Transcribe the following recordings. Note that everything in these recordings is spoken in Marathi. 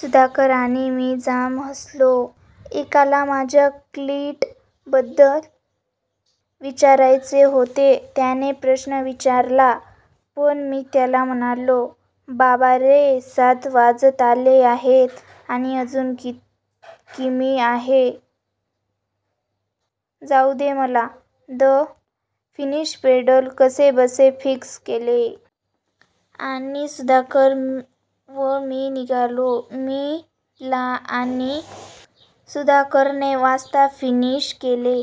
सुधाकर आणि मी जाम हसलो. एकाला माझ्या क्लिट बद्दल विचारायचे होते. त्याने प्रश्न विचारला, पण मी त्याला म्हणालो, बाबारे सात वाजत आले आहेत आणि अजून किमी आहेत जाउ दे मला. द फिनिशपेडल कसेबसे फिक्स केले. आणि सुधाकर व मी निघालो. मी ला आणि सुधाकरने वाजता फिनिश केले!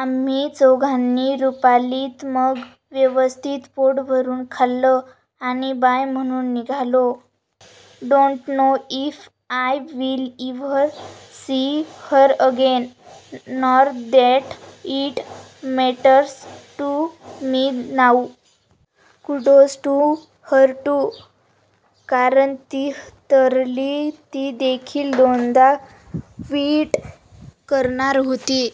आम्ही चौघांनी रुपालीत मग व्यवस्थित पोटभरून खाल्ल आणि बाय म्हणून निघालो. Don't know, if I will ever see her again. Nor that it matters to me now. Kudos to her too! कारण ती तरली, ती देखील दोनदा क्विट करणार होती.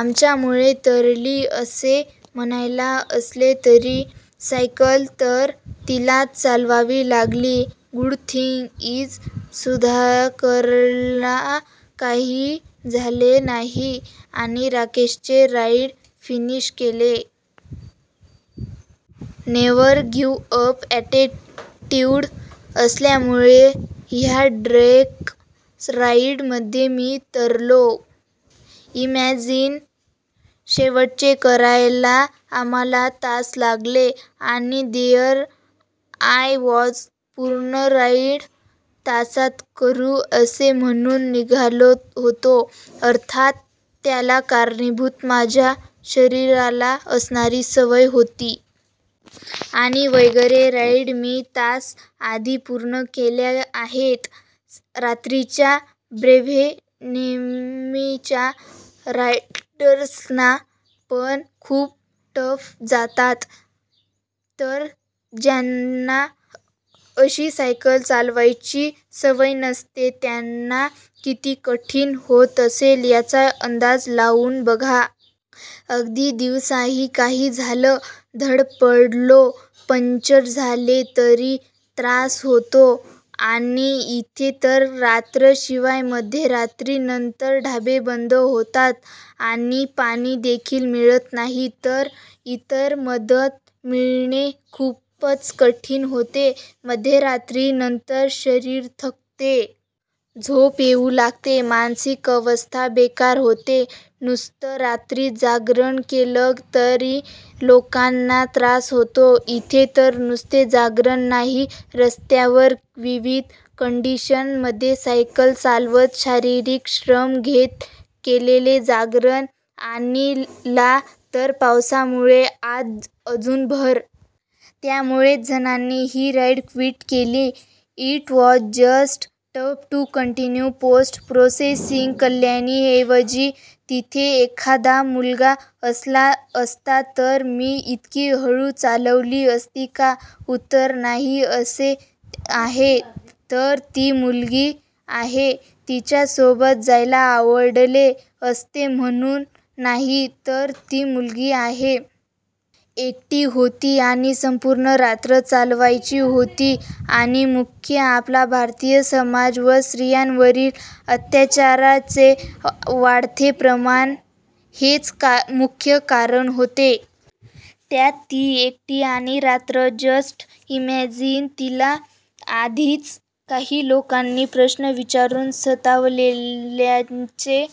आमच्यामुळे तरली असे म्हणायला असले तरी, सायकल तर तिलाच चालवावी लागली! गुड थिंग इज सुधाकरला काही झाले नाही आणि राकेशने राईड फिनिश केली. नेव्हर गिव्ह अप अॅटिट्युड असल्यामुळे ह्या ड्रॅग राईड मध्ये मी तरलो. इमॅजिन, शेवटचे करायला आम्हाला तास लागले, आणि देअर आय वॉज, पूर्ण राईड तासात करू असे म्हणून निघालो होतो. अर्थात त्याला कारणीभूत माझ्या शरीराला असणारी सवय होती. आणि, वगैरे राईड मी, तास आधी पूर्ण केल्या आहेत. रात्रीच्या ब्रेव्हे नेहमीच्या रायडर्सना पण खूप टफ जातात. तर ज्यांना अशी सायकल चालवायची सवय नसते त्यांना किती कठीण होत असेल ह्याचा अंदाज लावून बघा. अगदी दिवसाही काही झालं, धडपडलो, पंक्चर झाले तरी त्रास होता आणि इथे तर रात्र! शिवाय मध्यरात्री नंतर ढाबे बंद होतात आणि पाणी देखील मिळत नाही, तर इतर मदत मिळणे खूपच कठीण होते. मध्यरात्री नंतर शरीर थकते. झोप येऊ लागते. मानसिक अवस्था बेकार होते. नुसतं रात्री जागरण केले तरी लोकांना त्रास होतो, इथे तर नुसते जागरण नाही, रस्त्यावर, विविध कंडीशन मध्ये सायकल चालवत, शारीरिक श्रम घेत केलेले जागरण. आणि ला तर पावसामुळे त्यात अजून भर! त्यामुळेच जणांनी ही राईड क्विट केली. It was just tough to continue! Post प्रोसेसिंगकल्याणी ऐवजी तिथे एखादा मुलगा असला असता तर मी इतकी हळू चालवली असती का? उत्तर नाही असे आहे. तर ती मुलगी आहे, तिच्या सोबत जायला आवडले असते म्हणून नाही, तर ती मुलगी आहे, एकटी होती आणि संपूर्ण रात्र चालवायची होती आणि मुख्य आपला भारतीय समाज व स्त्रीयांवरील अत्याचाराचे वाढते प्रमाण हेच मुख्य कारण होते. त्यात ती एकटी आणि रात्र. Just imagine. तिला आधीच काही लोकांनी प्रश्न विचारून सतावल्याचे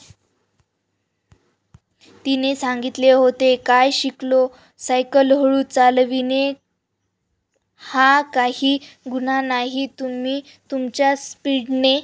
तिने सांगीतले होते. काय शिकलो? सायकल हळू चालविणे हा काही गुन्हा नाही, तुम्ही तुमच्याच स्पीडने